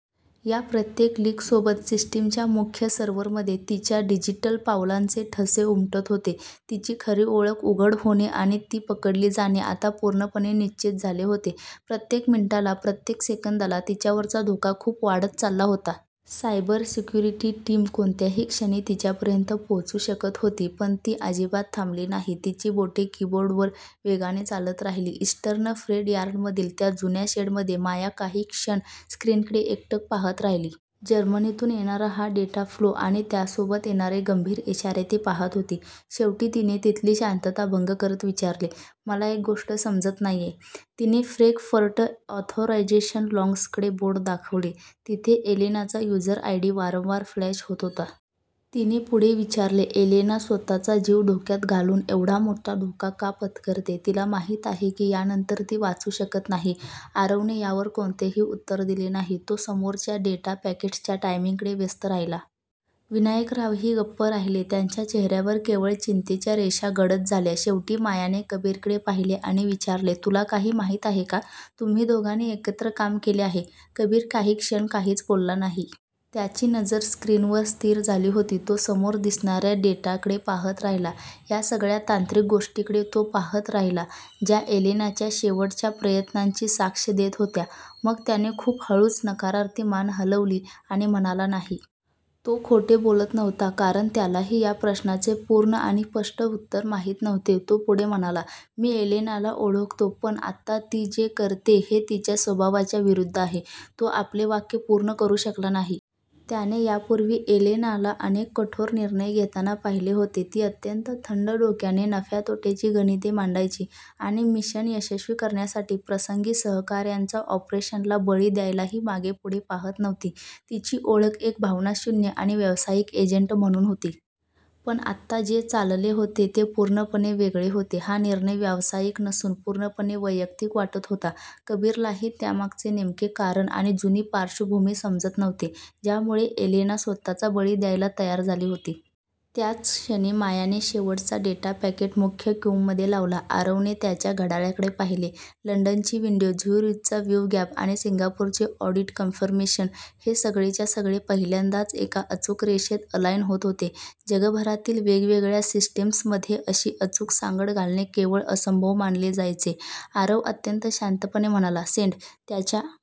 या प्रत्येक लीकसोबत सिस्टीमच्या मुख्य सर्व्हरमध्ये तिच्या डिजिटल पावलांचे ठसे उमटत होते. तिची खरी ओळख उघड होणे आणि ती पकडली जाणे आता पूर्णपणे निश्चित झाले होते. प्रत्येक मिनिटाला, प्रत्येक सेकंदाला तिच्यावरचा धोका खूप वाढत चालला होता. सायबर सिक्युरिटी टीम कोणत्याही क्षणी तिच्यापर्यंत पोहोचू शकत होती, पण ती अजिबात थांबली नाही. तिची बोटे किबोर्डवर वेगाने चालत राहिली. इस्टर्न फ्रेट यार्डमधील त्या जुन्या शेडमध्ये माया काही क्षण स्क्रीनकडे एकटक पाहत राहिली. जर्मनीतून येणारा हा डेटा फ्लो आणि त्यासोबत येणारे गंभीर इशारे ती पाहत होती. शेवटी तिने तिथली शांतता भंग करत विचारले, "मला एक गोष्ट समजत नाहीये. " तिने फ्रँकफर्ट ऑथरायझेशन लॉग्सकडे बोट दाखवले, जिथे एलेनाचा युझर आयडी वारंवार फ्लॅश होत होता. तिने पुढे विचारले, "एलेना स्वतःचा जीव धोक्यात घालून एवढा मोठा धोका का पत्करतेय? तिला माहीत आहे की यानंतर ती वाचू शकत नाही. " आरवने यावर कोणतेही उत्तर दिले नाही, तो समोरच्या डेटा पॅकेट्सच्या टायमिंगमध्ये व्यस्त राहिला. विनायकरावही गप्प राहिले, त्यांच्या चेहऱ्यावर केवळ चिंतेच्या रेषा गडद झाल्या. शेवटी मायाने कबीरकडे पाहिले आणि विचारले, "तुला काही माहिती आहे का? तुम्ही दोघांनी एकत्र काम केले आहे. " कबीर काही क्षण काहीच बोलला नाही. त्याची नजर स्क्रीनवर स्थिर झाली होती. तो समोर दिसणाऱ्या डेटाकडे पाहत राहिला. या सगळ्या तांत्रिक गोष्टींकडे तो पाहत राहिला, ज्या एलेनाच्या शेवटच्या प्रयत्नांची साक्ष देत होत्या. मग त्याने खूप हळूच नकारार्थी मान हलवली आणि म्हणाला, "नाही. " तो खोटे बोलत नव्हता, कारण त्यालाही या प्रश्नाचे पूर्ण आणि स्पष्ट उत्तर माहीत नव्हते. तो पुढे म्हणाला, "मी एलेनाला ओळखतो, पण आत्ता ती जे करतेय, हे तिच्या स्वभावाच्या विरुद्ध आहे. " तो आपले वाक्य पूर्ण करू शकला नाही. त्याने यापूर्वी एलेनाला अनेक कठोर निर्णय घेताना पाहिले होते. ती अत्यंत थंड डोक्याने नफ्या-तोट्याची गणिते मांडायची आणि मिशन यशस्वी करण्यासाठी प्रसंगी सहकाऱ्यांचा ऑपरेशनल बळी द्यायलाही मागेपुढे पाहत नव्हती. तिची ओळख एक भावनाशून्य आणि व्यावसायिक एजंट म्हणून होती. पण आत्ता जे चालले होते ते पूर्णपणे वेगळे होते. हा निर्णय व्यावसायिक नसून पूर्णपणे वैयक्तिक वाटत होता. कबीरलाही त्यामागचे नेमके कारण आणि जुनी पार्श्वभूमी समजत नव्हती, ज्यामुळे एलेना स्वतःचा बळी द्यायला तयार झाली होती. त्याच क्षणी मायाने शेवटचा डेटा पॅकेट मुख्य क्यूमध्ये लावला. आरवने त्याच्या घड्याळाकडे पाहिले. लंडनची विंडो, झुरिचचा रिव्ह्यू गॅप आणि सिंगापूरचे ऑडिट कन्फर्मेशन... हे सगळेच्या सगळे पहिल्यांदाच एका अचूक रेषेत अलाईन होत होते. जगभरातील वेगवेगळ्या सिस्टीम्समध्ये अशी अचूक सांगड घालणे केवळ असंभव मानले जायचे. आरव अत्यंत शांतपणे म्हणाला, "सेंड. " त्याच्या